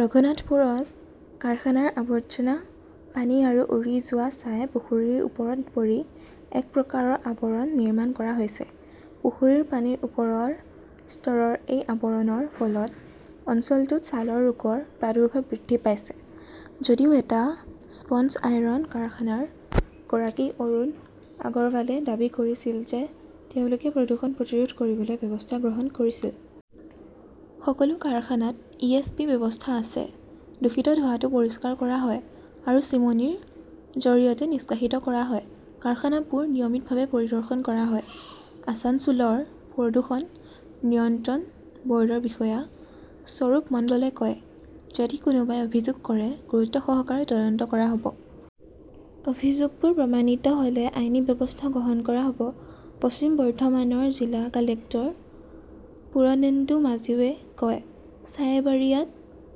ৰঘুনাথপুৰত কাৰখানাৰ আৱৰ্জনা পানী আৰু উৰি যোৱা ছাই পুখুৰীৰ ওপৰত পৰি এক প্ৰকাৰৰ আৱৰণ নিৰ্মাণ কৰা হৈছে। পুখুৰীৰ পানীৰ ওপৰৰ স্তৰৰ এই আৱৰণৰ ফলত অঞ্চলটোত ছালৰ ৰোগৰ প্ৰাদুৰ্ভাৱ বৃদ্ধি পাইছে। যদিও এটা স্পঞ্জ আইৰণ কাৰখানাৰ গৰাকী অৰুণ আগৰৱালে দাবী কৰিছিল যে তেওঁলোকে প্ৰদূষণ প্ৰতিৰোধ কৰিবলৈ ব্যৱস্থা গ্ৰহণ কৰিছিল। সকলো কাৰখানাত 'ইএছপি ব্যৱস্থা আছে। দূষিত ধোঁৱাটো পৰিষ্কাৰ কৰা হয় আৰু চিমনীৰ জৰিয়তে নিষ্কাশিত কৰা হয়। কাৰখানাবোৰ নিয়মিতভাৱে পৰিদৰ্শন কৰা হয়, আছানছোলৰ প্ৰদূষণ নিয়ন্ত্ৰণ বৰ্ডৰ বিষয়া স্বৰূপ মণ্ডলে কয়। যদি কোনোবাই অভিযোগ কৰে, গুৰুত্বসহকাৰে তদন্ত কৰা হব। অভিযোগবোৰ প্ৰমাণিত হলে আইনী ব্যৱস্থা গ্ৰহণ কৰা হব, পশ্চিম বৰ্ধমানৰ জিলা কালেক্টৰ পুৰণেন্দু মাজুৱে কয়, চাইবাৰিয়াত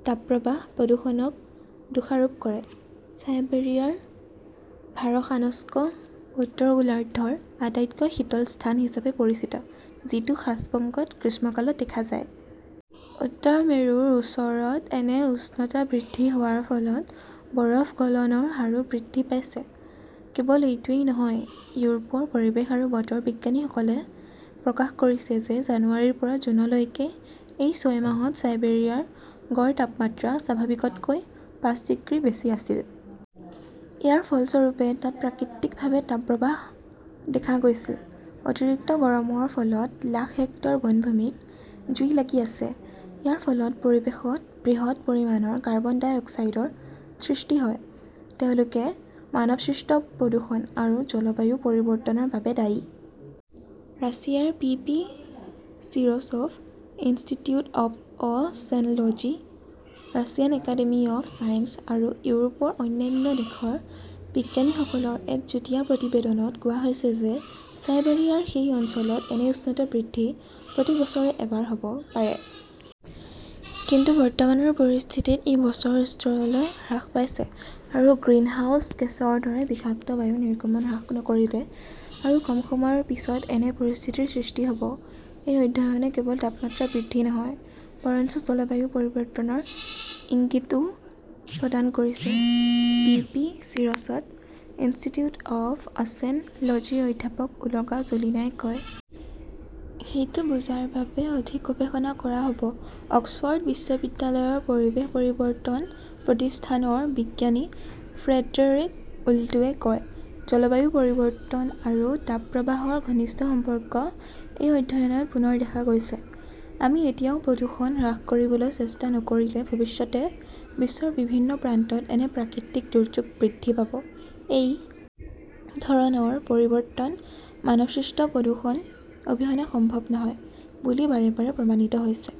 তাপপ্ৰবাহ, প্ৰদূষণক দোষাৰোপ কৰে চাইবেৰিয়াৰ ভাৰখানস্ক উত্তৰ গোলাৰ্ধৰ আটাইতকৈ শীতল স্থান হিচাপে পৰিচিত। যিটো খাছ বংগত গ্ৰীষ্মকালত দেখা যায়। উত্তৰ মেৰুৰ ওচৰত এনে উষ্ণতা বৃদ্ধি হোৱাৰ ফলত বৰফ গলনৰ হাৰো বৃদ্ধি পাইছে। কেৱল এইটোৱেই নহয়, ইউৰোপৰ পৰিৱেশ আৰু বতৰ বিজ্ঞানীসকলে প্ৰকাশ কৰিছে যে জানুৱাৰীৰ পৰা জুনলৈকে এই ছয় মাহত চাইবেৰিয়াৰ গড় তাপমাত্ৰা স্বাভাৱিকতকৈ পাঁচ ডিগ্ৰী বেছি আছিল। ইয়াৰ ফলস্বৰূপে তাত প্ৰাকৃতিকভাৱে তাপপ্ৰবাহ দেখা গৈছিল। অতিৰিক্ত গৰমৰ ফলত লাখ হেক্টৰ বনভূমিত জুই লাগি আছে। ইয়াৰ ফলত পৰিৱেশত বৃহৎ পৰিমাণৰ কাৰ্বন ডাই অক্সাইডৰ সৃষ্টি হয়। তেওঁলোকে মানৱসৃষ্ট প্ৰদূষণ আৰু জলবায়ু পৰিৱৰ্তনৰ বাবে দায়ী। ৰাছিয়াৰ P P Shirshov institute of 'oceanology, Russian academy of science আৰু ইউৰোপৰ অন্যান্য দেশৰ বিজ্ঞানীসকলৰ এক যুটীয়া প্ৰতিবেদনত কোৱা হৈছে যে চাইবাৰিয়াৰ সেই অঞ্চলত এনে উষ্ণতা বৃদ্ধি প্ৰতি বছৰে এবাৰ হ 'ব পাৰে। কিন্তু বৰ্তমানৰ পৰিস্থিতিত ই বছৰৰ স্তৰলৈ হ্ৰাস পাইছে আৰু গ্ৰিনহাউজ গেছৰ দৰে বিষাক্ত বায়ু নিৰ্গমন হ্ৰাস নকৰিলে আৰু কম সময়ৰ পিছত এনে পৰিস্থিতিৰ সৃষ্টি হ 'ব। এই অধ্যয়নে কেৱল তাপমাত্ৰা বৃদ্ধি নহয় বৰঞ্চ জলবায়ু পৰিৱৰ্তনৰ ইংগিতও প্ৰদান কৰিছে, পিপি চিৰছভ ইনষ্টিটিউট অৱ অচেন লজীৰ অধ্যাপক ওলগা জোলিনাই কয়। সেইটো বুজাৰ বাবে অধিক গৱেষণা কৰা হব। অক্সফ 'ৰ্ড বিশ্ববিদ্যালয়ৰ পৰিৱেশ পৰিৱৰ্তন প্ৰতিষ্ঠানৰ বিজ্ঞানী ফ্ৰেডেৰিক ওল্টোৱে কয়, জলবায়ু পৰিৱৰ্তন আৰু তাপপ্ৰবাহৰ ঘনিষ্ঠ সম্পৰ্ক এই অধ্যয়নত পুনৰ দেখা গৈছে। আমি এতিয়াও প্ৰদূষণ হ্ৰাস কৰিবলৈ চেষ্টা নকৰিলে-ভৱিষ্যতে বিশ্বৰ বিভিন্ন প্ৰান্তত এনে প্ৰাকৃতিক দুৰ্যোগ বৃদ্ধি পাব। এই ধৰণৰ পৰিৱৰ্তন মানৱসৃষ্ট প্ৰদূষণ অবিহনে সম্ভৱ নহয় বুলি বাৰে বাৰে প্ৰমাণিত হৈছে।